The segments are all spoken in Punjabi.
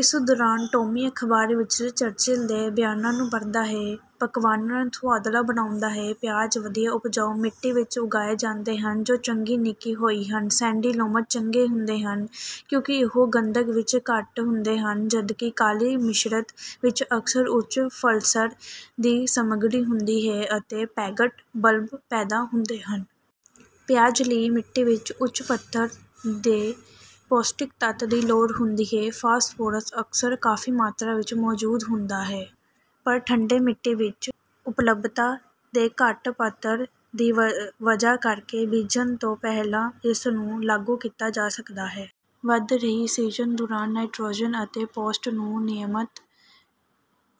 ਇਸ ਦੌਰਾਨ ਟੌਮੀ ਅਖਬਾਰ ਵਿੱਚਲੇ ਚਰਚਿਲ ਦੇ ਬਿਆਨਾਂ ਨੂੰ ਪੜ੍ਹਦਾ ਹੈ। ਪਕਵਾਨਾਂ ਨੂੰ ਸੁਆਦਲਾ ਬਣਾਉਂਦਾ ਹੈ। ਪਿਆਜ਼ ਵਧੀਆ ਉਪਜਾਊ ਮਿੱਟੀ ਵਿੱਚ ਉਗਾਏ ਜਾਂਦੇ ਹਨ ਜੋ ਚੰਗੀ ਨਿੱਕੀ ਹੋਈ ਹਨ ਸੈਂਡੀ ਲੋਮਜ਼ ਚੰਗੇ ਹੁੰਦੇ ਹਨ ਕਿਉਂਕਿ ਉਹ ਗੰਧਕ ਵਿੱਚ ਘੱਟ ਹੁੰਦੇ ਹਨ ਜਦਕਿ ਕਾਲੀ ਮਿਸ਼ਰਤ ਵਿੱਚ ਅਕਸਰ ਉੱਚ ਸਲਫਰ ਦੀ ਸਮਗਰੀ ਹੁੰਦੀ ਹੈ ਅਤੇ ਪੇੰਗਟ ਬਲਬ ਪੈਦਾ ਹੁੰਦੇ ਹਨ। ਪਿਆਜ਼ਾਂ ਲਈ ਮਿੱਟੀ ਵਿੱਚ ਉੱਚ ਪੱਧਰ ਦੇ ਪੌਸ਼ਟਿਕ ਤੱਤ ਦੀ ਲੋੜ ਹੁੰਦੀ ਹੈ। ਫਾਸਫੋਰਸ ਅਕਸਰ ਕਾਫੀ ਮਾਤਰਾ ਵਿੱਚ ਮੌਜੂਦ ਹੁੰਦਾ ਹੈ ਪਰ ਠੰਡੇ ਮਿੱਟੀ ਵਿੱਚ ਉਪਲਬਧਤਾ ਦੇ ਘੱਟ ਪੱਧਰ ਦੀ ਵਜ੍ਹਾ ਕਰਕੇ ਬੀਜਣ ਤੋਂ ਪਹਿਲਾਂ ਇਸਨੂੰ ਲਾਗੂ ਕੀਤਾ ਜਾ ਸਕਦਾ ਹੈ। ਵਧ ਰਹੀ ਸੀਜ਼ਨ ਦੌਰਾਨ ਨਾਈਟ੍ਰੋਜਨ ਅਤੇ ਪੋਟਾਸ਼ ਨੂੰ ਨਿਯਮਤ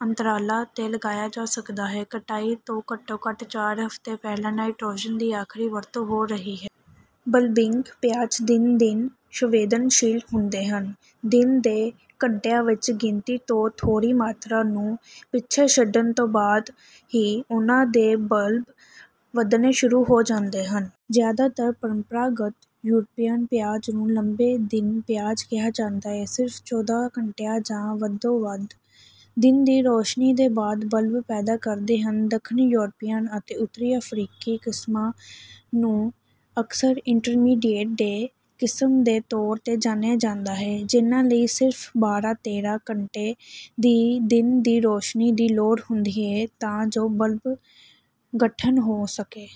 ਅੰਤਰਾਲਾਂ ਤੇ ਲਗਾਇਆ ਜਾ ਸਕਦਾ ਹੈ ਕਟਾਈ ਤੋਂ ਘੱਟੋ ਘੱਟ ਚਾਰ ਹਫਤੇ ਪਹਿਲਾਂ ਨਾਈਟ੍ਰੋਜਨ ਦੀ ਆਖਰੀ ਵਰਤੋਂ ਹੋ ਰਹੀ ਹੈ। ਬਲਬਿੰਗ ਪਿਆਜ਼ ਦਿਨ ਦਿਨ ਸੰਵੇਦਨਸ਼ੀਲ ਹੁੰਦੇ ਹਨ ਦਿਨ ਦੇ ਘੰਟਿਆਂ ਦੀ ਗਿਣਤੀ ਤੋਂ ਥੋੜ੍ਹੀ ਮਾਤਰਾ ਨੂੰ ਪਿੱਛੇ ਛੱਡਣ ਤੋਂ ਬਾਅਦ ਹੀ ਉਨ੍ਹਾਂ ਦੇ ਬਲਬ ਵਧਣੇ ਸ਼ੁਰੂ ਹੋ ਜਾਂਦੇ ਹਨ। ਜ਼ਿਆਦਾਤਰ ਪਰੰਪਰਾਗਤ ਯੂਰਪੀਅਨ ਪਿਆਜ਼ ਨੂੰ ਲੰਬੇ ਦਿਨ ਪਿਆਜ਼ ਕਿਹਾ ਜਾਂਦਾ ਹੈ ਸਿਰਫ ਚੌਦਾਂ ਘੰਟਿਆਂ ਜਾਂ ਵੱਧ ਤੋਂ ਵੱਧ ਦਿਨ ਦੀ ਰੋਸ਼ਨੀ ਦੇ ਬਾਅਦ ਬਲਬ ਪੈਦਾ ਕਰਦੇ ਹਨ। ਦੱਖਣੀ ਯੂਰਪੀਅਨ ਅਤੇ ਉੱਤਰੀ ਅਫਰੀਕੀ ਕਿਸਮਾਂ ਨੂੰ ਅਕਸਰ ਇੰਟਰਮੀਡੀਏਟ ਡੇ ਕਿਸਮ ਦੇ ਤੌਰ ਤੇ ਜਾਣਿਆ ਜਾਂਦਾ ਹੈ ਜਿਨ੍ਹਾਂ ਲਈ ਸਿਰਫ ਬਾਰਾਂ ਤੇਰਾਂ ਘੰਟੇ ਦੀ ਦਿਨ ਦੀ ਰੋਸ਼ਨੀ ਦੀ ਲੋੜ ਹੁੰਦੀ ਹੈ ਤਾਂ ਜੋ ਬਲਬ ਗਠਨ ਹੋ ਸਕੇ।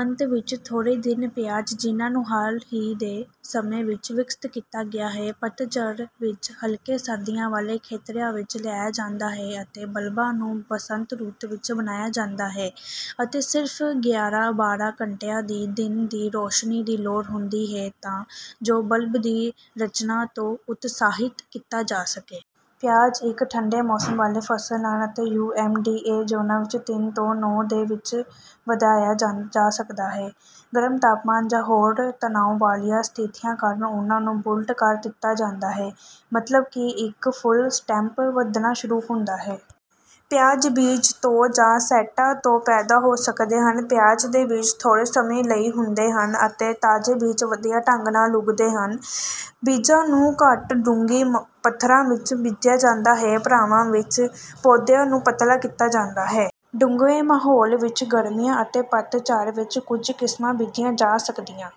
ਅੰਤ ਵਿੱਚ ਥੋੜੇ ਦਿਨ ਪਿਆਜ਼ ਜਿਨ੍ਹਾਂ ਨੂੰ ਹਾਲ ਹੀ ਦੇ ਸਮੇਂ ਵਿੱਚ ਵਿਕਸਤ ਕੀਤਾ ਗਿਆ ਹੈ ਪਤਝੜ ਵਿੱਚ ਹਲਕੇ ਸਰਦੀਆਂ ਵਾਲੇ ਖੇਤਰਾਂ ਵਿੱਚ ਲਾਇਆ ਜਾਂਦਾ ਹੈ ਅਤੇ ਬਲਬਾਂ ਨੂੰ ਬਸੰਤ ਰੁੱਤ ਵਿੱਚ ਬਣਾਇਆ ਜਾਂਦਾ ਹੈ ਅਤੇ ਸਿਰਫ ਗਿਆਰਾਂ ਬਾਰਾਂ ਘੰਟਿਆਂ ਦੀ ਦਿਨ ਦੀ ਰੋਸ਼ਨੀ ਦੀ ਲੋੜ ਹੁੰਦੀ ਹੈ ਤਾਂ ਜੋ ਬਲਬ ਦੀ ਰਚਨਾ ਨੂੰ ਉਤਸ਼ਾਹਿਤ ਕੀਤਾ ਜਾ ਸਕੇ। ਪਿਆਜ਼ ਇੱਕ ਠੰਢੇ ਮੌਸਮ ਵਾਲੇ ਫਸਲ ਹਨ ਅਤੇ ਯੂ ਐਸ ਡੀ ਏ ਜ਼ੋਨਾਂ ਵਿੱਚ ਤਿੰਨ ਤੋਂ ਨੌਂ ਦੇ ਵਿੱਚ ਵਧਿਆ ਜਾ ਸਕਦਾ ਹੈ। ਗਰਮ ਤਾਪਮਾਨ ਜਾਂ ਹੋਰ ਤਣਾਅ ਵਾਲੀਆਂ ਸਥਿਤੀਆਂ ਕਾਰਨ ਉਹਨਾਂ ਨੂੰ ਬੋਲਟ ਕਰ ਦਿੱਤਾ ਜਾਂਦਾ ਹੈ ਮਤਲਬ ਕਿ ਇੱਕ ਫੁੱਲ ਸਟੈਮ ਵਧਣਾ ਸ਼ੁਰੂ ਹੁੰਦਾ ਹੈ। ਪਿਆਜ਼ ਬੀਜ ਤੋਂ ਜਾਂ ਸੈਟਾਂ ਤੋਂ ਪੈਦਾ ਹੋ ਸਕਦੇ ਹਨ। ਪਿਆਜ਼ ਦੇ ਬੀਜ ਥੋੜੇ ਸਮੇਂ ਲਈ ਹੁੰਦੇ ਹਨ ਅਤੇ ਤਾਜ਼ੇ ਬੀਜ ਵਧੀਆ ਢੰਗ ਨਾਲ ਉਗਦੇ ਹਨ। ਬੀਜਾਂ ਨੂੰ ਘੱਟ ਡੂੰਘੀ ਪੱਧਰਾਂ ਵਿੱਚ ਬੀਜਿਆ ਜਾਂਦਾ ਹੈ ਪੜਾਵਾਂ ਵਿੱਚ ਪੌਦਿਆਂ ਨੂੰ ਪਤਲਾ ਕੀਤਾ ਜਾਂਦਾ ਹੈ। ਢੁਕਵੇਂ ਮਾਹੌਲ ਵਿੱਚ ਗਰਮੀਆਂ ਅਤੇ ਪਤਝੜ ਵਿੱਚ ਕੁਝ ਕਿਸਮਾਂ ਬੀਜੀਆਂ ਜਾ ਸਕਦੀਆਂ